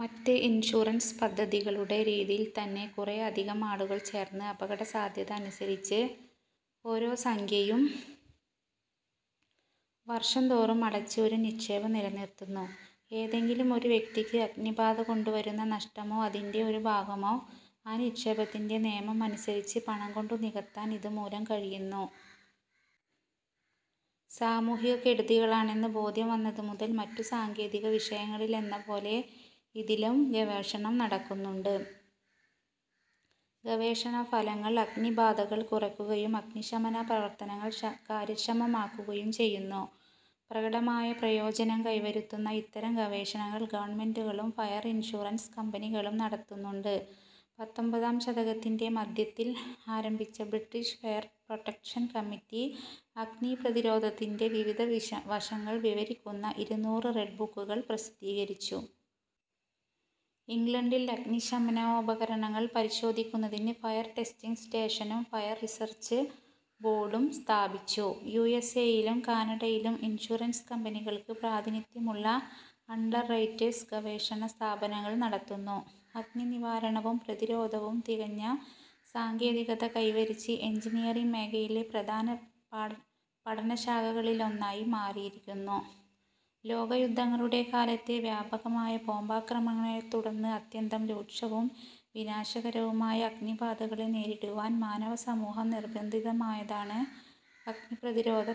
മറ്റ് ഇൻഷുറൻസ് പദ്ധതികളുടെ രീതിയിൽ തന്നെ, കുറെ അധികം ആളുകൾ ചേർന്ന് അപകടസാധ്യത അനുസരിച്ച് ഓരോ സംഖ്യയും വർഷംതോറും അടച്ച് ഒരു നിക്ഷേപം നിലനിർത്തുന്നു. ഏതെങ്കിലും ഒരു വ്യക്തിക്ക് അഗ്നിബാധകൊണ്ടു വരുന്ന നഷ്ടമോ അതിൻ്റെ ഒരു ഭാഗമോ ആ നിക്ഷേപത്തിൻ്റെ നിയമം അനുസരിച്ച് പണംകൊണ്ടു നികത്താൻ ഇതുമൂലം കഴിയുന്നു. തീപിടിത്തങ്ങൾ സാമൂഹിക കെടുതികളാണെന്ന് ബോധ്യം വന്നതുമുതൽ മറ്റു സാങ്കേതിക വിഷയങ്ങളിലെന്നപോലെ ഇതിലും ഗവേഷണം നടക്കുന്നുണ്ട്. ഗവേഷണഫലങ്ങൾ അഗ്നിബാധകൾ കുറയ്ക്കുകയും അഗ്നിശമന പ്രവർത്തനങ്ങൾ കാര്യക്ഷമമാക്കുകയും ചെയ്യുന്നു. പ്രകടമായ പ്രയോജനം കൈവരുത്തുന്ന ഇത്തരം ഗവേഷണങ്ങൾ ഗവൺമെന്റുകളും ഫയർ ഇൻഷുറൻസ് കമ്പനികളും നടത്തുന്നുണ്ട്. പത്തൊമ്പതാം ശതകത്തിൻ്റെ മധ്യത്തിൽ ആരംഭിച്ച ബ്രിട്ടിഷ് ഫയർ പ്രൊട്ടക്ഷൻ കമ്മിറ്റി അഗ്നിപ്രതിരോധത്തിൻ്റെ വിവിധ വശങ്ങൾ വിവരിക്കുന്ന ഇരുനൂറ് റെഡ് ബുക്കുകൾ പ്രസിദ്ധീകരിച്ചു. ഇംഗ്ലണ്ടിൽ അഗ്നിശമനോപകരണങ്ങൾ പരിശോധിക്കുന്നതിന് ഫയർ ടെസ്റ്റിങ് സ്റ്റേഷനും ഫയർ റിസർച്ച് ബോർഡും സ്ഥാപിച്ചു. യു എസ് എയിലും കാനഡയിലും ഇൻഷുറൻസ് കമ്പനികൾക്ക് പ്രാതിനിധ്യമുള്ള അണ്ടർറൈറ്റേഴ്സ് ഗവേഷണ സ്ഥാപനങ്ങൾ നടത്തുന്നു. അഗ്നിനിവാരണവും പ്രതിരോധവും തികഞ്ഞ സാങ്കേതികത കൈവരിച്ച് എൻജിനീയറിങ് മേഖലയിലെ പ്രധാന പഠനശാഖകളിലൊന്നായി മാറിയിരിക്കുന്നു. ലോകയുദ്ധങ്ങളുടെ കാലത്തെ വ്യാപകമായ ബോംബാക്രമണങ്ങളെ തുടർന്ന് അത്യന്തം രൂക്ഷവും വിനാശകരവുമായ അഗ്നിബാധകളെ നേരിടുവാൻ മാനവസമൂഹം നിർബന്ധിതമായതാണ് അഗ്നിപ്രതിരോധ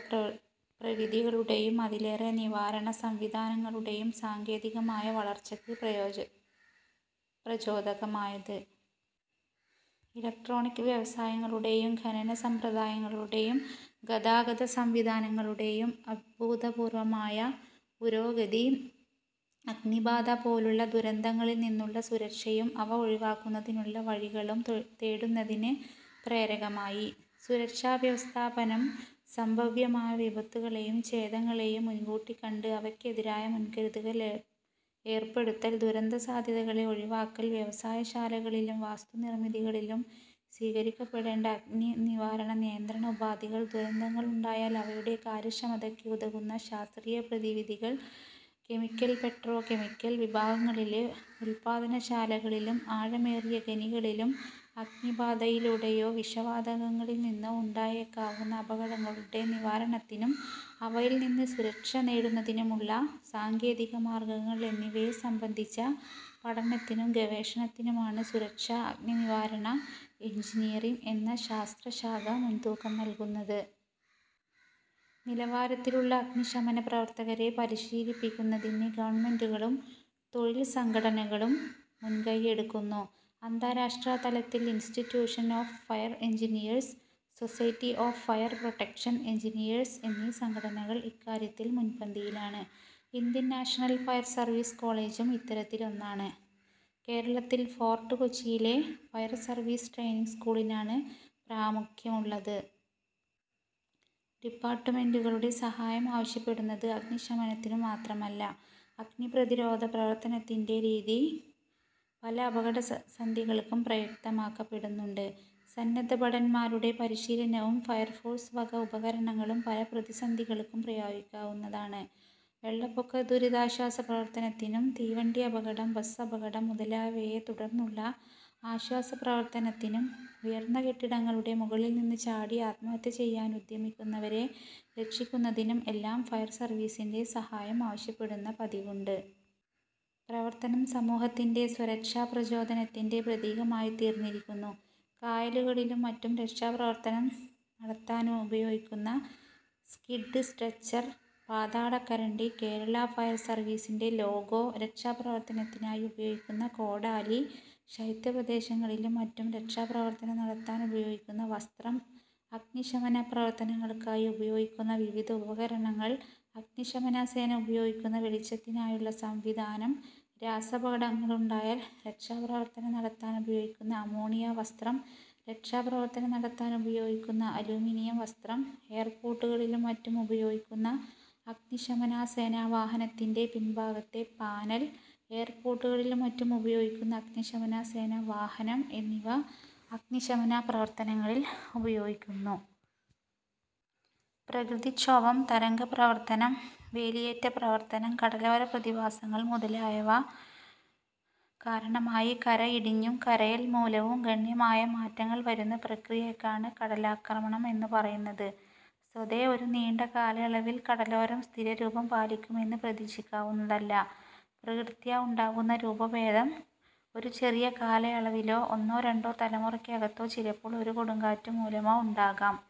പ്രവിധികളുടെയും അതിലേറെ നിവാരണ സംവിധാനങ്ങളുടെയും സാങ്കേതികമായ വളർച്ചയ്ക്ക് പ്രചോദകമായത്. ഇലക്ട്രിക് ഇലക്ട്രോണിക് വ്യവസായങ്ങളുടെയും ഖനന സമ്പ്രദായങ്ങളുടെയും ഗതാഗത സംവിധാനങ്ങളുടെയും അഭൂതപൂർവമായ പുരോഗതി അഗ്നിബാധ പോലുള്ള ദുരന്തങ്ങളിൽനിന്നുള്ള സുരക്ഷയും അവ ഒഴിവാക്കുന്നതിനുള്ള വഴികളും തേടുന്നതിന് പ്രേരകമായി. സുരക്ഷാവ്യവസ്ഥാപനം, സംഭവ്യമായ വിപത്തുകളെയും ചേതങ്ങളെയും മുൻകൂട്ടിക്കണ്ട് അവയ്ക്കെതിരായി മുൻകരുതലുകൾ ഏർപ്പെടുത്തൽ, ദുരന്തസാധ്യതകളെ ഒഴിവാക്കൽ, വ്യവസായശാലകളിലും വാസ്തുനിർമിതികളിലും സ്വീകരിക്കപ്പെടേണ്ട അഗ്നിനിവാരണ നിയന്ത്രണ ഉപാധികൾ, ദുരന്തങ്ങളുണ്ടായാൽ അവയുടെ കാര്യക്ഷമതയ്ക്ക് ഉതകുന്ന ശാസ്ത്രീയ പ്രവിധികൾ, കെമിക്കൽ, പെട്രോകെമിക്കൽ വിഭാഗങ്ങളിലെ ഉത്പാദനശാലകളിലും ആഴമേറിയ ഖനികളിലും അഗ്നിബാധയിലൂടെയോ വിഷവാതകങ്ങളിൽ നിന്നോ ഉണ്ടായേക്കാവുന്ന അപകടങ്ങളുടെ നിവാരണത്തിനും അവയിൽനിന്ന് സുരക്ഷ നേടുന്നതിനുമുള്ള സാങ്കേതിക മാർഗങ്ങൾ എന്നിവയെ സംബന്ധിച്ച പഠനത്തിനും ഗവേഷണത്തിനുമാണ് സുരക്ഷാ അഗ്നിനിവാരണ എൻജിനിയറിങ് എന്ന ശാസ്ത്രശാഖ മുൻതൂക്കം നൽകുന്നത്. പല നിലവാരത്തിലുള്ള അഗ്നിശമന പ്രവർത്തകരെ പരിശീലിപ്പിക്കുന്നതിന് ഗവൺമെന്റുകളും തൊഴിൽ സംഘടനകളും മുൻകൈ എടുക്കുന്നു. അന്താരാഷ്ട്ര തലത്തിൽ institution of fire engineers, society of fire protection engineers എന്നീ സംഘടനകൾ ഇക്കാര്യത്തിൽ മുൻപന്തിയിലാണ്. ഇന്ത്യൻ നാഷണൽ ഫയർ സർവീസ് കോളജും ഇത്തരത്തിലൊന്നാണ്. കേരളത്തിൽ ഫോർട്ട് കൊച്ചിയിലെ ഫയർ സർവീസ് ട്രെയിനിങ് സ്കൂളിനാണ് പ്രാമുഖ്യമുള്ളത്. ഫയർഫോഴ്സ് ഡിപ്പാർട്ടുമെന്റുകളുടെ സഹായം ആവശ്യപ്പെടുന്നത് അഗ്നിശമനത്തിനു മാത്രമല്ല. അഗ്നിപ്രതിരോധ പ്രവർത്തനത്തിൻ്റെ രീതി പല അപകടസന്ധികൾക്കും പ്രയുക്തമാക്കപ്പെടുന്നുണ്ട്. സന്നദ്ധഭടന്മാരുടെ പരിശീലനവും ഫയർഫോഴ്സ് വക ഉപകരണങ്ങളും പല പ്രതിസന്ധികൾക്കും പ്രയോഗിക്കാവുന്നതാണ്. വെള്ളപ്പൊക്ക ദുരിതാശ്വാസ പ്രവർത്തനത്തിനും തീവണ്ടി അപകടം, ബസ് അപകടം മുതലായവയെ തുടർന്നുള്ള ആശ്വാസ പ്രവർത്തനത്തിനും ഉയർന്ന കെട്ടിടങ്ങളുടെ മുകളിൽനിന്ന് ചാടി ആത്മഹത്യ ചെയ്യാനുദ്യമിക്കുന്നവരെ രക്ഷിക്കുന്നതിനും എല്ലാം ഫയർ സർവീസിൻ്റെ സഹായം ആവശ്യപ്പെടുന്ന പതിവുണ്ട്. അഗ്നിപ്രതിരോധ പ്രവർത്തനം സമൂഹത്തിൻ്റെ സ്വരക്ഷാ പ്രചോദനത്തിൻ്റെ പ്രതീകമായിത്തീർന്നിരിക്കുന്നു. കായലുകളിലും മറ്റും രക്ഷാപ്രവർത്തനം നടത്താനുപയോഗിക്കുന്ന സ്കിഡ് സ്ട്രെച്ചർ, പാതാളക്കരണ്ടി, കേരള ഫയർ സർവീസിൻ്റെ ലോഗോ, രക്ഷാപ്രവർത്തനത്തിനായി ഉപയോഗിക്കുന്ന കോടാലി, ശൈത്യ പ്രദേശങ്ങളിലും മറ്റും രക്ഷാപ്രവർത്തനം നടത്താനുപയോഗിക്കുന്ന വസ്ത്രം, അഗ്നിശമന പ്രവർത്തനങ്ങൾക്കായി ഉപയോഗിക്കുന്ന വിവിധ ഉപകരണങ്ങൾ, അഗ്നിശമന സേന ഉപയോഗിക്കുന്ന വെളിച്ചത്തിനായുള്ള സംവിധാനം, രാസാപകടങ്ങളുണ്ടായാൽ രക്ഷാപ്രവർത്തനം നടത്താനുപയോഗിക്കുന്ന അമോണിയ വസ്ത്രം, രക്ഷാപ്രവർത്തനം നടത്താനുപയോഗിക്കുന്ന അലൂമിനിയം വസ്ത്രം, എയർപോർട്ടുകളിലും മറ്റും ഉപയോഗിക്കുന്ന അഗ്നിശമന സേനാ വാഹനത്തിൻ്റെ പിൻഭാഗത്തെ പാനൽ, എയർപോർട്ടുകളിലും മറ്റും ഉപയോഗിക്കുന്ന അഗ്നിശമന സേനാ വാഹനം എന്നിവ അഗ്നിശമന പ്രവർത്തനങ്ങളിൽ ഉപയോഗിക്കുന്നു. തീരപ്രദേശങ്ങളിൽ പ്രകൃതിക്ഷോഭം, തരംഗ പ്രവർത്തനം, വേലിയേറ്റ പ്രവർത്തനം, കടലോര പ്രതിഭാസങ്ങൾ മുതലായവ കാരണമായി കര ഇടിഞ്ഞും കരയൽ മൂലവും ഗണ്യമായ മാറ്റങ്ങൾ വരുന്ന പ്രക്രിയക്കാണ് കടലാക്രമണം എന്നു പറയുന്നത്. സ്വതേ ഒരു നീണ്ട കാലയളവിൽ കടലോരം സ്ഥിരരൂപം പാലിക്കുമെന്ന് പ്രതീക്ഷിക്കാവുന്നതല്ല. പ്രകൃത്യാ ഉണ്ടാകുന്ന രൂപഭേദം ഒരു ചെറിയ കാലയളവിലോ ഒന്നോ രണ്ടോ തലമുറയ്ക്കകത്തോ ചിലപ്പോൾ ഒരു കൊടുങ്കാറ്റുമൂലമോ ഉണ്ടാകാം.